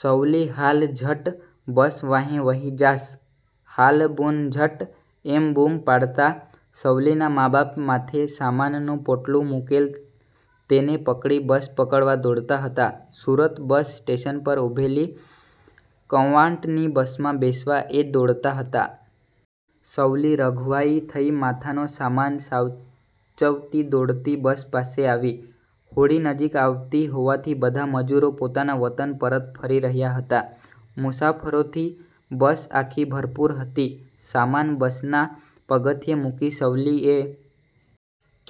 "સવલી હાલ ઝટ, બસ વાંહે વહી જાશ, હાલ બુન ઝટ," એમ બૂમ પાડતાં સવલીના મા-બાપ માથે સામાનનું પોટલું મૂકેલ તેને પકડી બસ પકડવા દોડતા હતા. સુરત બસ સ્ટેશન પર ઊભેલી કવાંટની બસમાં બેસવા એ દોડતા હતા. સવલી રઘવાઈ થઈ માથાનો સામાન સાચવતી દોડતી બસ પાસે આવી. હોળી નજીક આવતી હોવાથી બધા મજૂરો પોતાના વતન પરત ફરી રહ્યા હતા. મુસાફરોથી બસ આખી ભરપૂર હતી. સામાન બસના પગથિયે મૂકી સવલી એ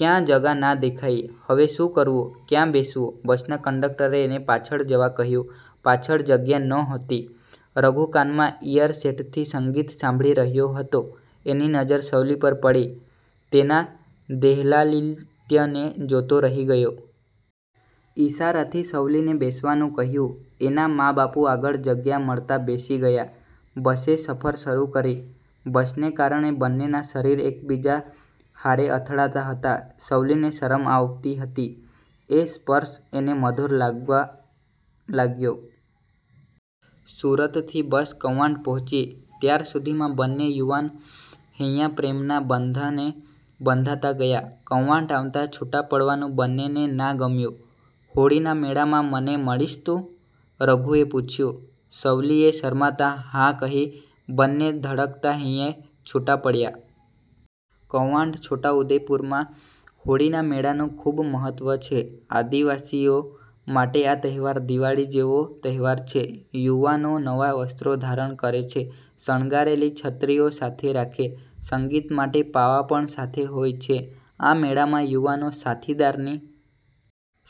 બસમાં ચઢી, જગ્યા માટે આમતેમ જોવા લાગી. ક્યાંય જગા ના દેખાઈ. હવે શું કરવું? ક્યાં બેસવું? બસના કંડકટરે એને પાછળ જવા કહ્યું. પાછળ જગ્યા નહોતી. રઘુ કાનમાં ઈઅરસેટથી સંગીત સાંભળી રહ્યો હતો, એની નજર સવલી પર પડી. તેના દેહલાલિત્યને જોતો રહી ગયો. ઈશારાથી સવલીને બેસવાનું કહ્યું. એના મા-બાપુ આગળ જગ્યા મળતા બેસી ગયા. બસે સફર શરૂ કરી. બસને કારણે બંનેના શરીર એકબીજા હારે અથડાતાં હતા. સવલીને શરમ આવતી હતી. એ સ્પર્શ એને મધુર લાગવા લાગ્યો. સુરતથી બસ કવાંટ પહોંચી, ત્યાર સુધીમાં બંને યુવાન હૈયા પ્રેમના બંધને બંધાતા ગયા. કવાંટ આવતાં છૂટા પડવાનું બંનેને ના ગમ્યું. "હોળીના મેળામાં મને મળીશ તું?" રઘુએ પૂછ્યું. સવલીએ શરમાતા "હા" કહી! બંને ધડકતા હૈયે છૂટા પડ્યા. કવાંટ-છોટાઉદેપુરમાં હોળીના મેળાનું ખૂબ મહત્વ છે. આદિવાસીઓ માટે આ તહેવાર દિવાળી જેવો તહેવાર છે. યુવાનો નવા વસ્ત્રો ધારણ કરે છે, શણગારેલી છત્રીઓ સાથે રાખે, સંગીત માટે પાવા પણ સાથે હોય છે. આ મેળામાં યુવાનો સાથીદારની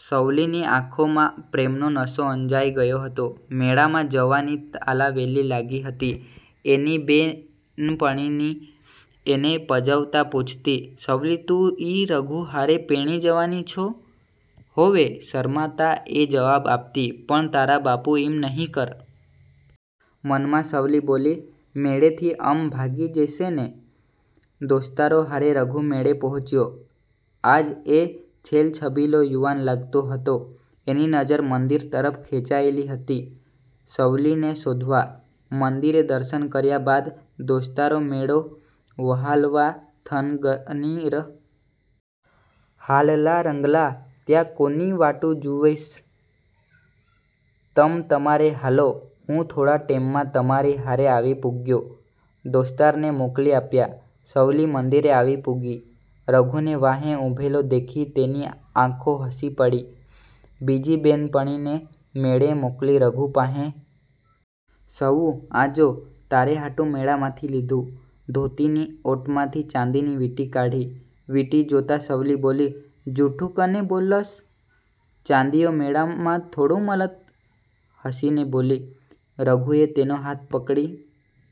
પસંદગી કરી લેતા હોય છે, લગ્ન કરી લેતા હોય છે. સવલીની આંખોમાં પ્રેમનો નશો અંજાય ગયો હતો, મેળામાં જવાની તાલાવેલી લાગી હતી. એની બે'નપણી એને પજવતાં પૂછતી, "સવલી તું ઈ રઘુ હારે પૈણી જવાની છો?" "હોવે" શરમાતાં એ જવાબ આપતી. "પણ તારા બાપુ ઈમ નહીં કરવા દેતો?" મનમાં સવલી બોલી,"મેળેથી અમ ભાગી જશેને" દોસ્તારો હારે રઘુ મેળે પહોંચ્યો. આજ એ છેલછબીલો યુવાન લાગતો હતો. એની નજર મંદિર તરફ ખેંચાયેલી હતી, સવલીને શોધવા. મંદિરે દર્શન કર્યા બાદ, દોસ્તારો મેળો મહાલવા થનગની રહ્યા હતા, યૌવનનું પૂર ઉમટ્યું હતું. "હાલ-લા રંગલા, ત્યાં કોની વાટુ જુવેશ?" "તમ તમારે હાલો, હું થોડા ટેમમાં તમારી હારે આવી પૂગ્યો." દોસ્તારને મોકલી આપ્યા. સવલી મંદિરે આવી પૂગી. રઘુને વાંહે ઊભેલો દેખી તેની આંખો હસી પડી. બીજી બે'નપણીને મેળે મોકલી રઘુ પાંહે આવી. "સવુ આ જો, તારે હાટુ મેળામાંથી લીધું." ધોતીની ઓટમાંથી ચાંદીની વીંટી કાઢી. વીંટી જોતાં સવલી બોલી, "જુઠુ કને બોલશ? ચાંદીયુ મેળામાં થોડું મલત?" હસીને બોલી. રઘુએ તેનો હાથ પકડી